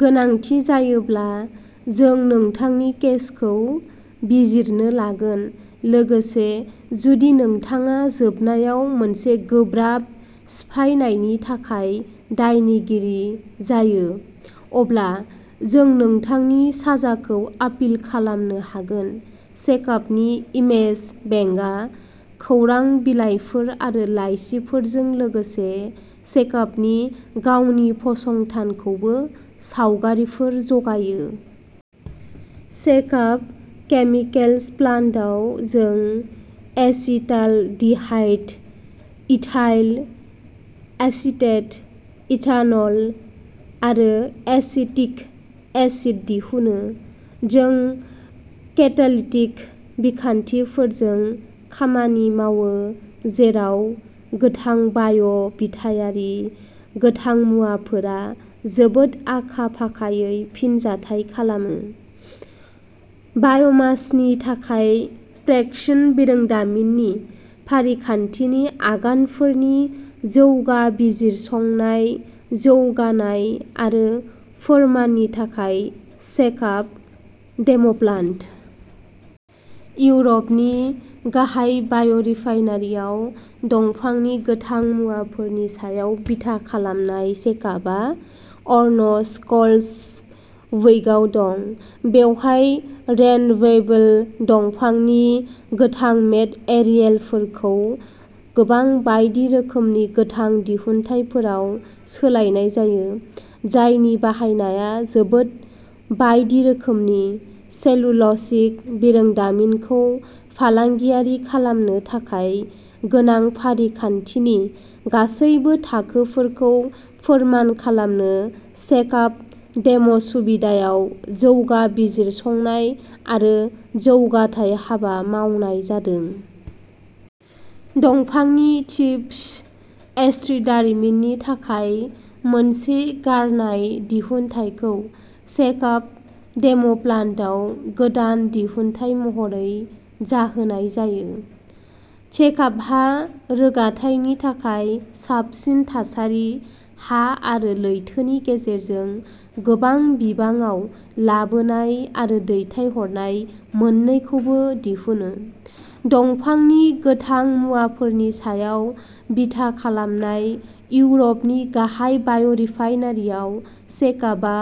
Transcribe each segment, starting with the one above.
गोनांथि जायोब्ला, जों नोंथांनि केसखौ बिजिरनो लागोन। लोगोसे, जुदि नोंथाङा जोबनायाव मोनसे गोब्राब सिफायनायनि थाखाय दायनिगिरि जायो, अब्ला जों नोंथांनि साजाखौ आपिल खालामनो हागोन। सेकाबनि इमेज बेंकआ खौरां बिलाइफोर आरो लाइसिफोरजों लोगोसे सेकाबनि गावनि फसंथानखौबो सावगारिफोर जगायो। सेकाब केमिकेल्स प्लान्टआव जों एसिटालडिहाइड, इथाइल एसिटेट, इथानल आरो एसिटिक एसिड दिहुनो। जों केतालिटिक बिखान्थिफोरजों खामानि मावो जेराव गोथां बाय'- बिथायारि गोथां मुवाफोरा जोबोद आखा-फाखायै फिनजाथाय खालामो। बायमासनि थाखाय फ्रेकशन बिरोंदामिननि फारिखान्थिनि आगानफोरनि जौगा बिजिरसंनाय, जौगानाय आरो फोरमाननि थाखाय सेकाब डेम'प्लान्ट। इउरपनि गाहाय बाय'रिफाइनारिआव दंफांनि गोथां मुवाफोरनि सायाव बिथा खालामनाय सेकाबआ अर्न-स्कल्ड्सविकआव दं। बेवहाय रेन-वेबल दंफांनि गोथां मेट-एरियेलफोरखौ गोबां बायदि रोखोमनि गोथां दिहुनथायफोराव सोलायनाय जायो, जायनि बाहायनाया जोबोद बायदि रोखोमनि। सेलुल'सिक बिरोंदामिनखौ फालांगियारि खालामनो थाखाय गोनां फारिखान्थिनि गासैबो थाखोफोरखौ फोरमान खालामनो सेकाब डेम'सुबिदायाव जौगा बिजिरसंनाय आरो जौगाथाय हाबा मावनाय जादों। दंफांनि चिप्स, एस्ट्रि दारिमिननि थाखाय मोनसे गारनाय दिहुनथायखौ सेकाब डेम'प्लान्टआव गोदान दिहुनथाय महरै जाहोनाय जायो। सेकाबहा रोगाथायनि थाखाय साबसिन थासारि हा आरो लैथोनि गेजेरजों गोबां बिबाङाव लाबोनाय आरो दैथायहरनाय मोन्नैखौबो दिहुन। दंफांनि गोथां मुवाफोरनि सायाव बिथा खालामनाय इउरपनि गाहाय बाय'रिफाइनारिआव सेकाबआ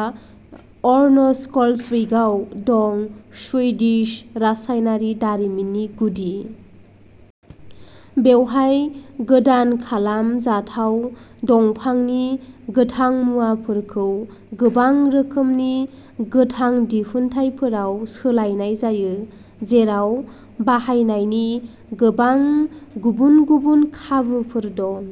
अर्नस्कल्ड्सविकआव दं-सुइडिश रासायनारि दारिमिननि गुदि। बेवहाय गोदान खालाम जाथाव दंफांनि गोथां मुवाफोरखौ गोबां रोखोमनि गोथां दिहुनथायफोराव सोलायनाय जायो, जेराव बाहायनायनि गोबां गुबुन-गुबुन खाबुफोर दं।